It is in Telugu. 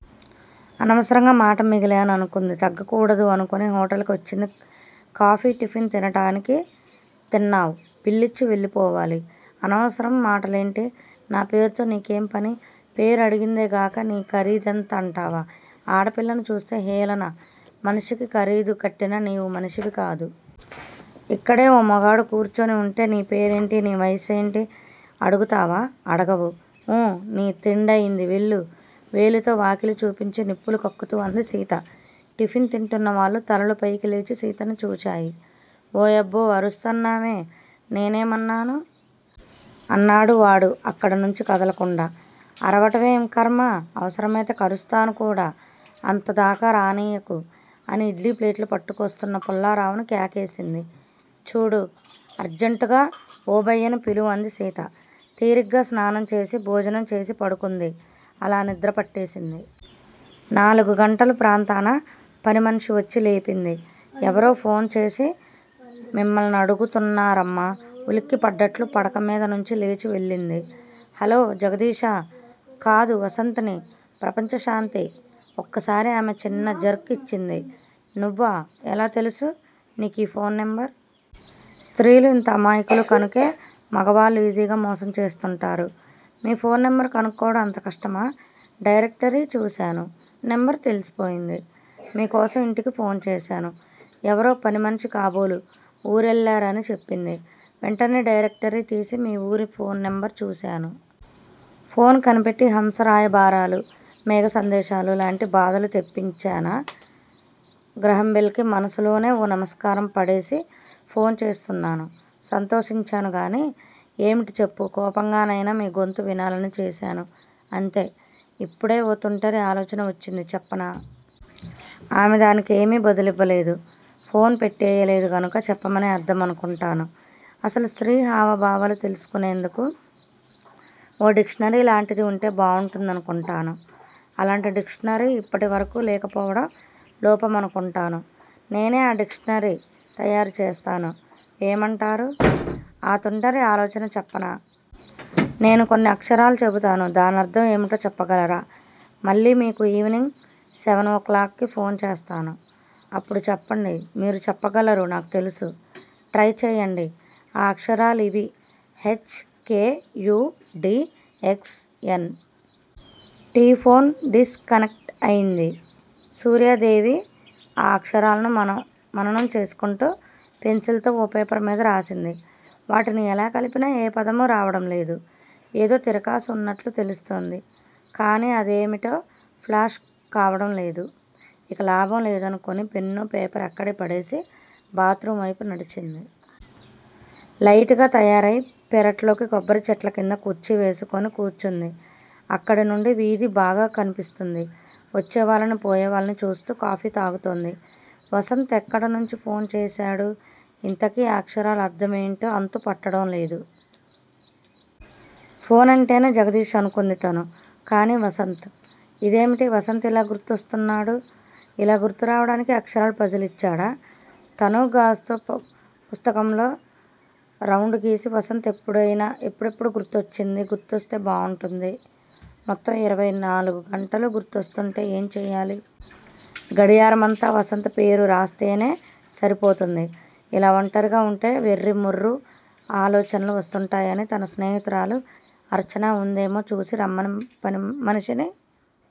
అనవసరంగా మాట మిగిలాను అనుకుంది. తగ్గకూడదు అనుకుని హొటల్ కి వచ్చింది కాఫీ, టిఫెన్ తింటానికి- తిన్నావ్, బిల్లిచ్చి, వెళ్ళిపోవాలి. అనవసరం మాటలేంటి? నా పేరుతో నీకేం పని? పేరు అడిగిందే గాక, నీ ఖరీదెంత అంటావా? ఆడ పిల్లని చూస్తే హేళన! మనిషికి ఖరీదు కట్టిన నీవు మనిషివికాదు. ఇక్కడే ఓ మగాడు కూర్చొని వుంటే నీ పేరేంటి? నీ వయసేంటి? అడుగుతావా? అడగవు. ఊ నీ తిండయింది వెళ్లు. వేలితో వాకిలి చూపించి నిప్పులు కక్కుతూ అంది సీత. టిఫెన్ తింటున్న వాళ్లు తలలు పైకి లేచి సీతని చూచాయి. ఓయబ్బో అరుస్తున్నావే? నేనేమన్నాను? అన్నాడు వాడు అక్కడ నుంచి కదలకుండా. అరవటమేం ఖర్మ అవసరమయితే కరుస్తాను కూడా! అంత దాకా రానీయకు. అని ఇడ్లీ ప్లేట్లు పట్టుకోస్తున్న పుల్లారావుని కేకేసింది. చూడు. అర్జంటుగా ఓబయ్యను పిలువు అంది సీత. తీరిగ్గా స్నానం చేసి, భోజనం చేసి పడుకుంది. అలా నిద్రపట్టేసింది. నాలుగు గంటల ప్రాంతాన పనిమనిషి వచ్చి లేపింది. ఎవరో ఫోన్ చేసి మిమ్మల్నడుగుతున్నారమ్మా ఉలిక్కి పడ్డట్లు పడకమీద నుంచి లేచి వెళ్ళింది. హలో! జగదీషా! కాదు వసంత్ ని ప్రపంచ శాంతి ఒక్కసారి ఆమె చిన్న జర్క్ ఇచ్చింది. నువ్వా! ఎలా తెలుసు నీకీ ఫోన్ నెంబర్? స్త్రీలు ఇంత అమాయకులు కనుకే మగవాళ్ళు ఈజీగా మోసం చేస్తుంటారు. మీ ఫోన్ నెంబర్ కనుక్కోవడం అంత కష్టమా? డైరెక్టరీ చూశాను. నెంబరు తెలిసిపోయింది. మీకోసం ఇంటికి ఫోన్ చేశాను. ఎవరో పనిమనిషి కాబోలు ఊరెళ్ళారని చెప్పింది. వెంటనే డైరెక్టరీ తీసి మీ ఊరి ఫోన్ నెంబర్ చూశాను. ఫోన్ కనిపెట్టి హంస రాయబారాలు, మేఘ సందేశాలు లాంటి బాధలు తప్పించైనా గ్రాహంబెల్ కి మనసులోనే ఓ నమస్కారం పడేసి ఫోన్ చేస్తున్నాను సంతోషించాను గానీ, ఏమిటి చెప్పు? కోపంగానైనా మీ గొంతు వినాలని చేశాను అంతే ఇప్పుడే ఓ తుంటరి ఆలోచన వచ్చింది చెప్పనా? ఆమె దానికి ఏమీ బదులివ్వలేదు. ఫోన్ పెట్టేయలేదు గనుక చెప్పమనే అర్ధమనుకుంటాను. అసలు స్త్రీ హావ భావాలు తెలుసుకునేందుకు ఓ డిక్షనరీ లాంటిది వుంటే బావుంటుందనుకుంటాను. అలాంటి డిక్షనరీ ఇప్పటి వరకూ లేకపోవడం లోపమనుకుంటాను. నేనే ఆ డిక్షనరీ తయారు చేస్తాను. ఏమంటారు? ఆ తుంటరి ఆలోచనా చెప్పనా? నేను కొన్ని అక్షరాలు చెబుతాను. దానర్ధం ఏమిటో చెప్పగలరా? మళ్ళీ మీకు ఈవినింగ్ సెవన్ ఓ క్లాక్ కి ఫోన్ చేస్తాను. అప్పుడు చెప్పండి మీరు చెప్పగలరు నాకు తెలుసు. ట్రై చేయండి. ఆ అక్షరాలు ఇవీ H. K. U. D. X. N. T phone disconnect అయింది. సూర్యాదేవి ఆ అక్షరాలను మననం చేసుకుంటూ పెన్సిల్ తో ఓ పేపర్ మీద రాసింది. వాటిని ఎలా కలిపినా ఏ పదమూ రావడం లేదు. ఏదో తిరకాసు వున్నట్లు తెలుస్తోంది కానీ అదేమిటో ప్లాష్ కావడం లేదు. ఇక లాభం లేదనుకుని పెన్నూ, పేపర్ అక్కడే పడేసి, బాత్రూమ్ వైపు నడిచింది. లైట్ గా తయారయి పెరట్లోని కొబ్బరిచెట్ల కింద కుర్చీ వేసుకుని కూర్చుంది. అక్కడి నుండి వీధి బాగా కనిపిస్తుంది. వచ్చే వాళ్ళనీ పోయేవాళ్ళనీ చూస్తూ కాఫీ తాగుతోంది. వసంత్ ఎక్కడి నుంచి ఫోన్ చేశాడు. ఇంతకీ ఆ అక్షరాల అర్ధం ఏమిటో అంతు పట్టడం లేదు. ఫోన్ అంటేనే జగదీష్ అనుకొంది తను. కానీ వసంత్. ఇదేమిటి వసంత్ ఇలా గురొస్తున్నాడు. ఇలా గుర్తురావడానికే అక్షరాల పజిల్ ఇచ్చాడా? తనూ గాజుతో పుస్తకములో రౌండ్ గీసి వసంత్ ఎప్పుడెప్పుడూ గుర్తొచ్చింది గుర్తిస్తే బావుంటుంది. మొత్తం ఇరవై నాలుగు గంటలూ గుర్తొస్తుంటే ఏం చేయాలి. గడియారమంతా వసంత్ పేరు రాస్తేనే సరిపోతుంది. ఇలా ఒంటరిగా వుంటే వెర్రిమొర్రి ఆలోచనలు వస్తుంటాయని తన స్నేహితురాలు అర్చన వుందేమో చూసి రమ్మని మనిషిని